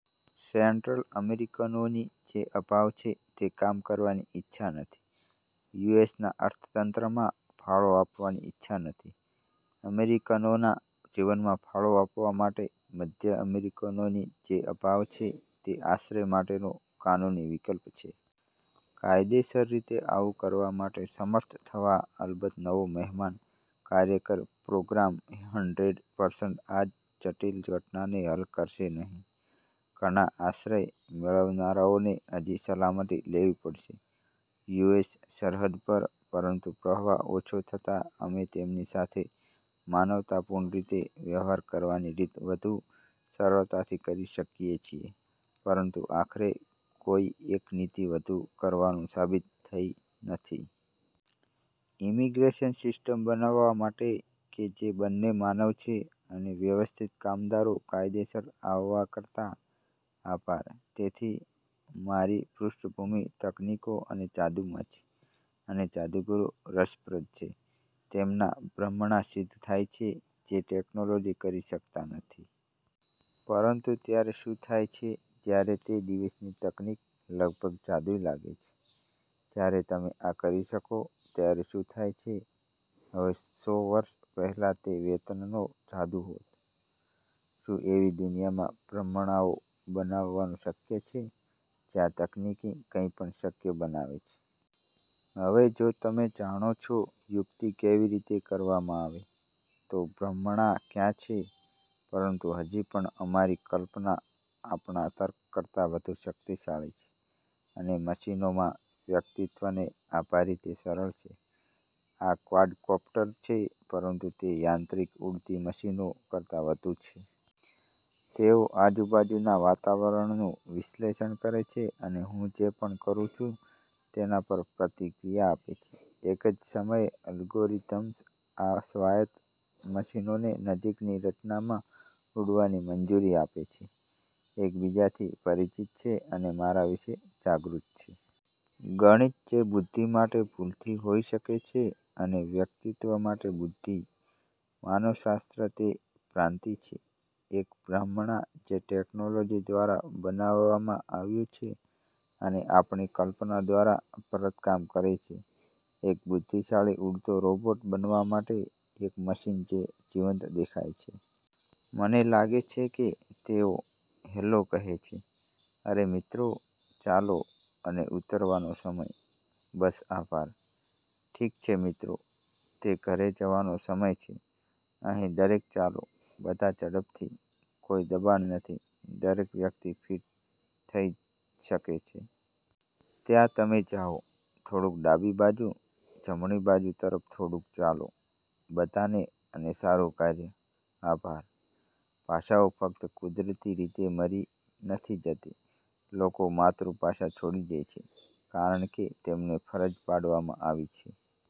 Central અમેરિકનોની જે અભાવ છે તે કામ કરવાની ઇચ્છા નથી. યુ. એસ. ના અર્થતંત્રમાં ફાળો આપવાની ઇચ્છા નથી, અમેરિકનોના જીવનમાં ફાળો આપવા માટે મધ્ય અમેરિકનોની જે અભાવ છે તે આશ્રય માટેનો કાનૂની વિકલ્પ છે. કાયદેસર રીતે આવું કરવા માટે સમર્થ થવા અલબત્ત નવો મહેમાન કાર્યકર પ્રોગ્રામ હન્ડ્રેડ પર્સન્ટ આ જટિલ ઘટનાને હલ કરશે નહીં. ઘણા આશ્રય મેળવનારાઓને હજી સલામતી લેવી પડશે. યુ. એસ. સરહદ પર. પરંતુ પ્રવાહ ઓછો થતાં અમે તેમની સાથે માનવતાપૂર્ણ રીતે વ્યવહાર કરવાની રીત વધુ સરળતાથી કરી શકીએ છીએ, પરંતુ આખરે કોઈ એક નીતિ વધુ કરવાનું સાબિત થઈ નથી. ઇમિગ્રેશન સિસ્ટમ બનાવવા માટે કે જે બંને માનવ છે અને વ્યવસ્થિત કામદારો કાયદેસર આવવા કરતાં. આભાર. તેથી, મારી પૃષ્ઠભૂમિ તકનીકો અને જાદુમાં છે. અને જાદુગરો રસપ્રદ છે. તેમના ભ્રમણા સિદ્ધ થાય છે જે ટેકનોલોજી કરી શકતા નથી. પરંતુ ત્યારે શું થાય છે જ્યારે તે દિવસની તકનીક લગભગ જાદુઈ લાગે છે? જ્યારે તમે આ કરી શકો ત્યારે શું થાય છે? હવે સો વર્ષ પહેલાં તે વેતનનો જાદુ હોત. શું એવી દુનિયામાં ભ્રમણાઓ બનાવવાનું શક્ય છે, જ્યાં તકનીકી કંઈપણ શક્ય બનાવે છે. હવે જો તમે જાણો છો યુક્તિ કેવી રીતે કરવામાં આવે, તો ભ્રમણા ક્યાં છે? પરંતુ હજી પણ અમારી કલ્પના આપણા તર્ક કરતાં વધુ શક્તિશાળી છે અને મશીનોમાં વ્યક્તિત્વને આભારી તે સરળ છે. આ ક્વાડકોપ્ટર છે, પરંતુ તે યાંત્રિક ઉડતી મશીનો કરતા વધુ છે. તેઓ આજુબાજુના વાતાવરણનું વિશ્લેષણ કરે છે અને હું જે પણ કરું છું તેના પર પ્રતિક્રિયા આપે છે. એક જ સમયે અલ્ગોરિધમ્સ આ સ્વાયત્ત મશીનોને નજીકની રચનામાં ઉડવાની મંજૂરી આપે છે, એકબીજાથી પરિચિત છે અને મારા વિશે જાગૃત છે. ગણિત જે બુદ્ધિ માટે ભૂલથી હોઈ શકે છે અને વ્યક્તિત્વ માટે બુદ્ધિ. માનવશાસ્ત્ર તે ભ્રાંતિ છે, એક ભ્રમણા જે ટેકનોલોજી દ્વારા બનાવવામાં આવ્યું છે અને આપણી કલ્પના દ્વારા ભરતકામ કરે છે. એક બુદ્ધિશાળી ઉડતો રોબોટ બનવા માટે, એક મશીન જે જીવંત દેખાય છે. મને લાગે છે કે તેઓ "હેલો" કહે છે. અરે મિત્રો! ચાલો અને ઉતરવાનો સમય. બસ. આભાર. ઠીક છે, મિત્રો, તે ઘરે જવાનો સમય છે. અહીં દરેક ચાલો, બધા ઝડપથી. કોઈ દબાણ નથી, દરેક વ્યક્તિ ફિટ થઈ શકે છે. ત્યાં તમે જાઓ, થોડુંક ડાબી બાજુ, જમણી તરફ થોડુંક. ચાલો, બધાને અને સારું કાર્ય! આભાર. ભાષાઓ ફક્ત કુદરતી રીતે મરી નથી જતી લોકો માતૃભાષા છોડી દે છે, કારણ કે તેમને ફરજ પાડવામાં આવી છે.